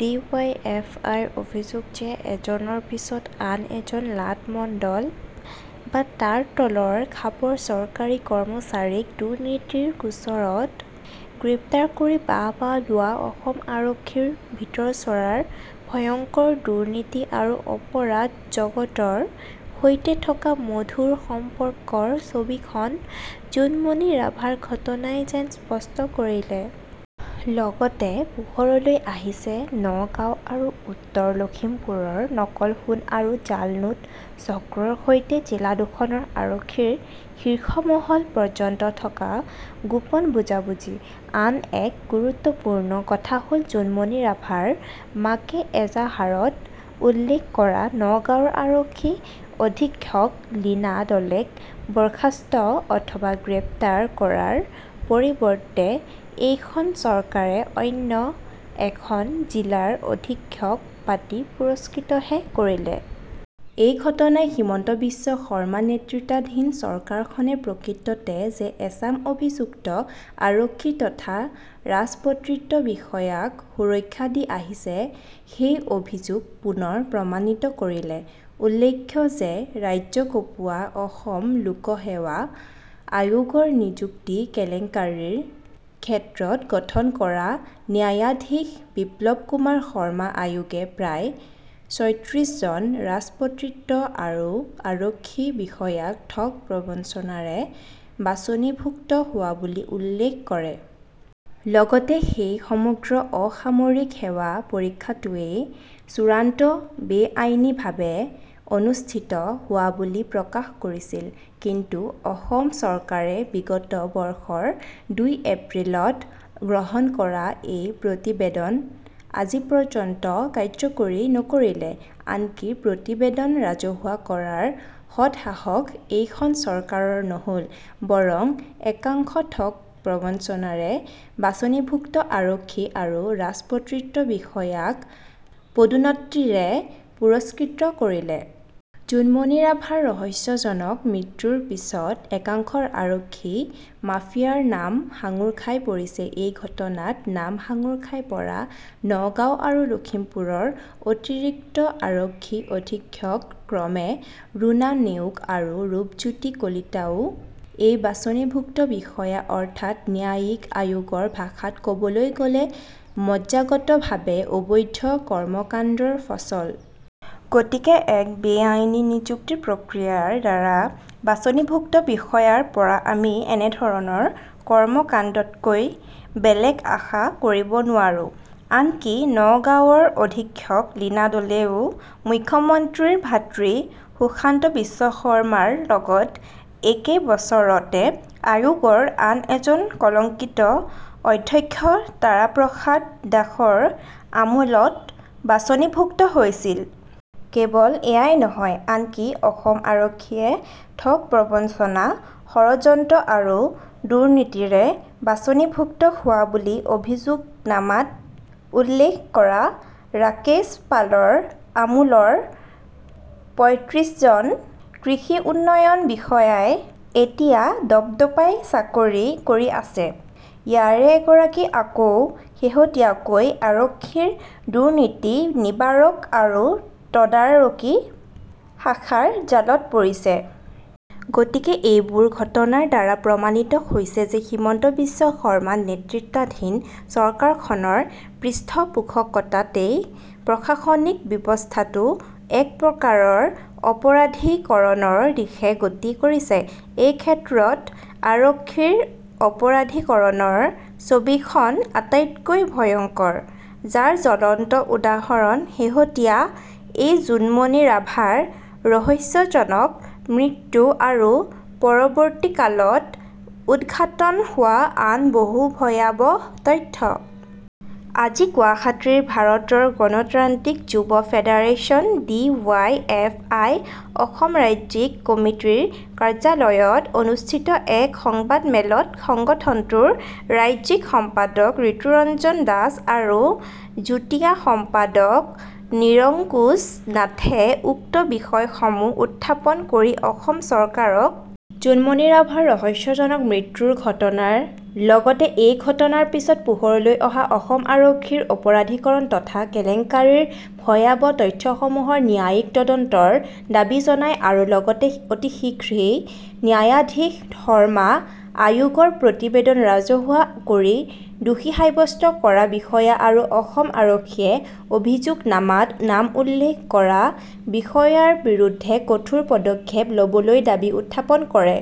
D Y F আইৰ অভিযোগ যে এজনৰ পিছত আন এজন লাট মণ্ডল বা তাৰ তলৰ খাপৰ চৰকাৰী কৰ্মচাৰীক দুৰ্নীতিৰ গোচৰত গ্ৰেপ্তাৰ কৰি বাহ বাহ লোৱা অসম আৰক্ষীৰ ভিতৰচৰাৰ ভয়ংকৰ দুৰ্নীতি আৰু অপৰাধ জগতৰ সৈতে থকা মধুৰ সম্পৰ্কৰ ছবিখন জোনমণি ৰাভাৰ ঘটনাই যেন স্পষ্ট কৰিলে। লগতে পোহৰলৈ আহিছে নগাঁও আৰু উত্তৰ লক্ষীমপুৰৰ নকল সোণ আৰু জাল নোট চক্ৰৰ সৈতে জিলা দুখনৰ আৰক্ষীৰ শীৰ্ষ মহল পৰ্যন্ত থকা গোপন বুজাবুজি। আন এক গুৰুত্বপূৰ্ণ কথা হল জোনমণি ৰাভাৰ মাকে এজাহাৰত উল্লেখ কৰা নগাঁৱৰ আৰক্ষী অধীক্ষক লীনা দলেক বৰ্খাস্ত অথবা গ্ৰেপ্তাৰ কৰাৰ পৰিৱৰ্তে এইখন চৰকাৰে অন্য এখন জিলাৰ অধীক্ষক পাতি পুৰস্কৃতহে কৰিলে। এই ঘটনাই হিমন্ত বিশ্ব শৰ্মা নেতৃত্বাধীন চৰকাৰখনে প্ৰকৃততে যে এচাম অভিযুক্ত আৰক্ষী তথা ৰাজপত্ৰিত বিষয়াক সুৰক্ষা দি আহিছে, সেই অভিযোগ পুনৰ প্ৰমাণিত কৰিলে। উল্লেখ্য যে ৰাজ্য কঁপোৱা অসম লোকসেৱা আয়োগৰ নিযুক্তি কেলেংকাৰীৰ ক্ষেত্ৰত গঠন কৰা ন্যায়াধীশ বিপ্লৱ কুমাৰ শৰ্মা আয়োগে প্ৰায় চৌত্ৰিশ জন ৰাজপত্ৰিত আৰু আৰক্ষী বিষয়াক ঠগ প্ৰবঞ্চনাৰে বাছনিভুক্ত হোৱা বুলি উল্লেখ কৰে। লগতে সেই সমগ্ৰ অসামৰিক সেৱা পৰীক্ষাটোৱেই চূড়ান্ত বেআইনীভাৱে অনুষ্ঠিত হোৱা বুলি প্ৰকাশ কৰিছিল। কিন্তু অসম চৰকাৰে বিগত বৰ্ষৰ দুই এপ্ৰিলত গ্ৰহণ কৰা এই প্ৰতিবেদন আজিপৰ্যন্ত কাৰ্যকৰী নকৰিলে। আনকি প্ৰতিবেদন ৰাজহুৱা কৰাৰ সৎ সাহস এইখন চৰকাৰৰ নহল, বৰং একাংশ ঠগ প্ৰবঞ্চনাৰে বাছনিভুক্ত আৰক্ষী আৰু ৰাজপত্ৰিত বিষয়াক পদোন্নতিৰে পুৰস্কৃত কৰিলে। জোনমণি ৰাভাৰ ৰহস্যজনক মৃত্যুৰ পিছত একাংশ আৰক্ষী মাফিয়াৰ নাম সাঙোৰ খাই পৰিছে। এই ঘটনাত নাম সাঙোৰ খাই পৰা নগাঁও আৰু লক্ষীমপুৰৰ অতিৰিক্ত আৰক্ষী অধীক্ষক ক্ৰমে ৰুণা নেওগ আৰু ৰূপজ্যোতি কলিতাও এই বাছনিভুক্ত বিষয়া, অৰ্থাৎ ন্যায়িক আয়োগৰ ভাষাত কবলৈ গলে মজ্জাগতভাৱে অবৈধ কৰ্মকাণ্ডৰ ফচল। গতিকে এক বেআইনী নিযুক্তি প্ৰক্ৰিয়াৰ দ্বাৰা বাছনিভুক্ত বিষয়াৰ পৰা আমি এনেধৰণৰ কৰ্মকাণ্ডতকৈ বেলেগ আশা কৰিব নোৱাৰো। আনকি নগাঁৱৰ অধীক্ষক লীনা দলেও মুখ্যমন্ত্ৰীৰ ভাতৃ সুশান্ত বিশ্ব শৰ্মাৰ লগত একে বছৰতে আয়োগৰ আন এজন কলংকিত অধ্যক্ষ তাৰাপ্ৰসাদ দাসৰ আমোলত বাছনিভুক্ত হৈছিল। কেৱল এয়াই নহয়, আনকি অসম আৰক্ষীয়ে ঠগ, প্ৰবঞ্চনা, ষড়যন্ত্ৰ আৰু দুৰ্নীতিৰে বাছনিভুক্ত হোৱা বুলি অভিযোগনামাত উল্লেখ কৰা ৰাকেশ পালৰ আমোলৰ পয়ঁত্ৰিশ জন কৃষি উন্নয়ন বিষয়াই এতিয়া দপদপাই চাকৰি কৰি আছে। ইয়াৰে এগৰাকী আকৌ শেহতীয়াকৈ আৰক্ষীৰ দুৰ্নীতি নিবাৰক আৰু তদাৰকী শাখাৰ জালত পৰিছে। গতিকে এইবোৰ ঘটনাৰ দ্বাৰা প্ৰমাণিত হৈছে যে হিমন্ত বিশ্ব শৰ্মা নেতৃত্বাধীন চৰকাৰখনৰ পৃষ্ঠপোষকতাতেই প্ৰশাসনিক ব্যৱস্থাটো একপ্ৰকাৰৰ অপৰাধীকৰণৰ দিশে গতি কৰিছে। এইক্ষেত্ৰত আৰক্ষীৰ অপৰাধীকৰণৰ ছবিখন আটাইতকৈ ভয়ংকৰ, যাৰ জ্বলন্ত উদাহৰণ শেহতীয়া এই জোনমণি ৰাভাৰ ৰহস্যজনক মৃত্যু আৰু পৰৱৰ্তীকালত উদ্ঘাটন হোৱা আন বহু ভয়াবহ তথ্য। আজি গুৱাহাটীৰ ভাৰতৰ গণতান্ত্ৰিক যুৱ federation D Y F I Assam ৰাজ্যিক কমিটিৰ কাৰ্যালয়ত অনুষ্ঠিত এক সংবাদমেলত সংগঠনটোৰ ৰাজ্যিক সম্পাদক ৰিতুৰঞ্জন দাস আৰু যুটীয়া সম্পাদক নিৰংকুশ নাথে উক্ত বিষয়সমূহ উত্থাপন কৰি অসম চৰকাৰক জোনমণি ৰাভাৰ ৰহস্যজনক মৃত্যুৰ ঘটনাৰ লগতে এই ঘটনাৰ পিছত পোহৰলৈ অহা অসম আৰক্ষীৰ অপৰাধীকৰণ তথা কেলেংকাৰীৰ ভয়াবহ তথ্যসমূহৰ ন্যায়িক তদন্তৰ দাবী জনায় আৰু লগতে অতি শীঘ্ৰেই ন্যায়াধীশ শৰ্মা আয়োগৰ প্ৰতিবেদন ৰাজহুৱা কৰি দোষী সাব্যস্ত কৰা বিষয়া আৰু অসম আৰক্ষীয়ে অভিযোগনামাত নাম উল্লেখ কৰা বিষয়াৰ বিৰুদ্ধে কঠোৰ পদক্ষেপ লবলৈ দাবী উত্থাপন কৰে।